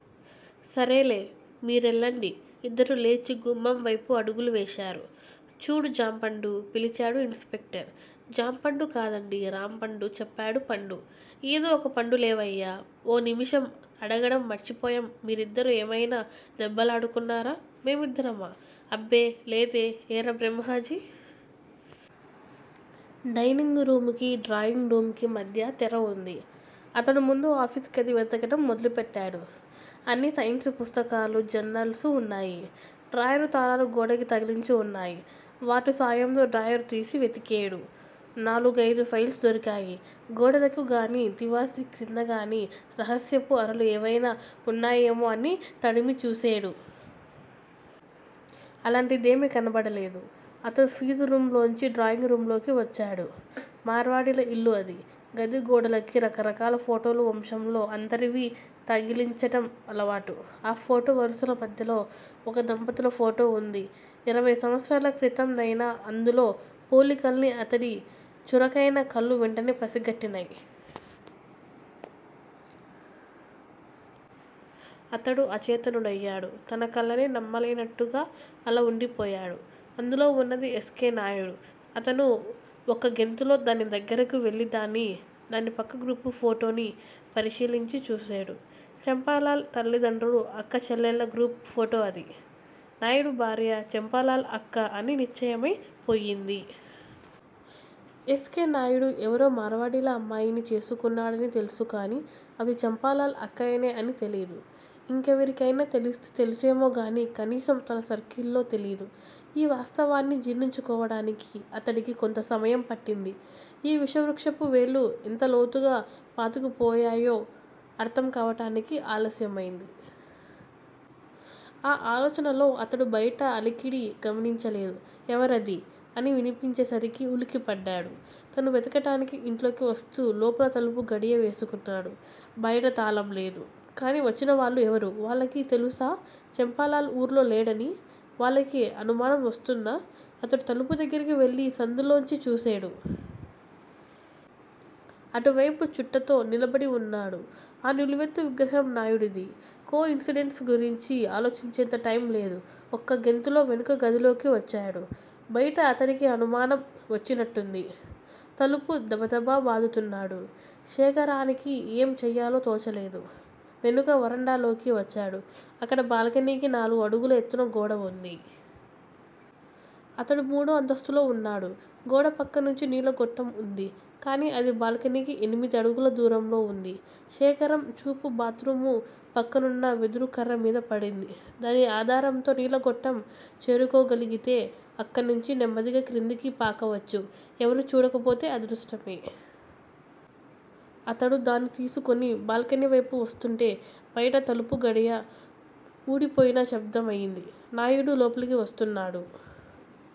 సరేలే మీ రెళ్ళండి! ఇద్దరూ లేచి గుమ్మం వైపు అడుగులు వేశారు. చూడు జాంపండూ! పిలిచాడు ఇన్స్ పెక్టర్. జాపండు కాదండీ! రాంపండు చెప్పాడు పండు. ఏదో ఒక పండులేవయ్యా! ఓ నిమిషం అడగడం మర్చిపోయాం మీరిద్దరూ ఏమయినా దెబ్బలాడుకున్నారా? మేమిద్దరమా? అబ్బే లేదే- ఏరా బ్రహ్మాజీ! డైనింగు రూముకీ, డ్రాయింగ్ రూమ్ కీ మధ్య తెర వుంది. అతడు ముందు ఆఫీసు గది వెతకటం మొదలుపెట్టాడు. అన్నీ సైన్సు పుస్తకాలూ, జర్నల్సూ వున్నాయి. డ్రాయరు తాళాలు గోడకి తగిలించి వున్నాయి. వాటి సాయంతో డ్రాయరుతీసి వెతికేడు. నాలుగైదు ఫైల్స్ దొరికాయి. గోడలకు గానీ, తివాసీ క్రిందగానీ రహస్యపు అరలు ఏవైనా వున్నాయేమో అని తడిమి చూసేడు. అలాంటిదేమీ కనబడలేదు. అతడు ఫీజు రూమ్ లోంచి డ్రాయింగ్ రూమ్ లోకి వచ్చాడు. మార్వాడీల ఇల్లు అది. గది గోడలకి రకరకాల ఫోటోలు వంశంలో అందరివీ తగిలించటం అలవాటు. ఆ ఫోటో వరుసల మధ్యలో ఒక దంపతుల ఫోటో వుంది. ఇరవై సంవత్సరాల క్రితందయినా అందులో పోలికల్ని అతడి చురుకయిన కళ్ళు వెంటనే పసిగట్టినయ్. అతడు అచేతనుడయ్యాడు. తన కళ్ళనే నమ్మలేనట్టుగా అలా వుండిపోయాడు. అందులో వున్నది ఎస్. కె. నాయుడు. అతను ఒక్కగెంతులో దాని దగ్గిరకి వెళ్ళి దాన్నీ, దాని పక్క గ్రూపు ఫోటోనీ పరిశీలించి చూసేడు. చంపాలాల్ తల్లిదండ్రులు, అక్క చెల్లెళ్ళ గ్రూప్ ఫోటో అది. నాయుడు భార్య, చంపాలాల్ అక్క అని నిశ్చయమై పోయింది. ఎస్. కె. నాయుడు ఎవరో మార్వాడీల అమ్మాయిని చేసుకున్నాడని తెలుసు కానీ, అది చంపాలాల్ అక్కయ్యనే అని తెలీదు. ఇంకెవరికయినా తెలిస్తే తెలుసేమోగానీ, కనీసం తన సర్కిల్ లో తెలీదు. ఈ వాస్తవాన్ని జీర్ణించుకోవడానికి అతడికి కొంత సమయం పట్టింది. ఈ విషవృక్షపు వేళ్ళు ఎంత లోతుగా పాతుకుపోయాయో అర్థం కావటానికి ఆలస్యమైంది. ఆ ఆలోచనలో అతడు బయట అలికిడి గమనించలేదు. ఎవరది? అని వినిపించేసరికి ఉలిక్కిపడ్డాడు. తను వెతకటానికి ఇంట్లోకి వస్తూ లోపల తలుపు గడియ వేసుకున్నాడు. బయట తాళం లేదు. కానీ వచ్చినవాళ్ళు ఎవరు? వాళ్ళకి తెలుసా చంపాలాల్ ఊర్లో లేడని? వాళ్ళకి అనుమానం వస్తుందా? అతడు తలుపు దగ్గిరకి వెళ్ళి సందుల్లోంచి చూసేడు. అటువైపు చుట్టతో నిలబడి వున్నాడు. ఆ నిలువెత్తు విగ్రహం నాయుడిది. కో-ఇన్సిడెన్స్ గురించి ఆలోచించేంత టైమ్ లేదు. ఒక్క గెంతులో వెనుక గదిలోకి వచ్చాడు. బయట అతడికి అనుమానం వచ్చినట్టుంది. తలుపు దబదబా బాదుతున్నాడు. శేఖరానికి ఏం చెయ్యాలో తోచలేదు. వెనుక వరండాలోకి వచ్చాడు. అక్కడ బాల్కనీకి నాలుగు అడుగుల ఎత్తున గోడ వుంది. అతడు మూడో అంతస్తులో వున్నాడు. గోడపక్కనుంచి నీళ్ళ గొట్టం వుంది. కానీ అది బాల్కనీకి ఎనిమిది అడుగుల దూరంలో ఉంది. శేఖరం చూపు బాత్ రూము పక్కనున్న వెదురుకర్ర మీద పడింది. దాని ఆధారంతో నీళ్ళ గొట్టం చేరుకోగలిగితే, అక్కణ్నించి నెమ్మదిగా క్రిందికి పాకవచ్చు, ఎవరూ చూడకపోతే అదృష్టమే. అతడు దాన్ని తీసుకుని బాల్కనీవైపు వస్తుంటే- బయట తలుపు గడియ వూడిపోయిన శబ్దమయింది. నాయుడు లోపలికి వస్తున్నాడు.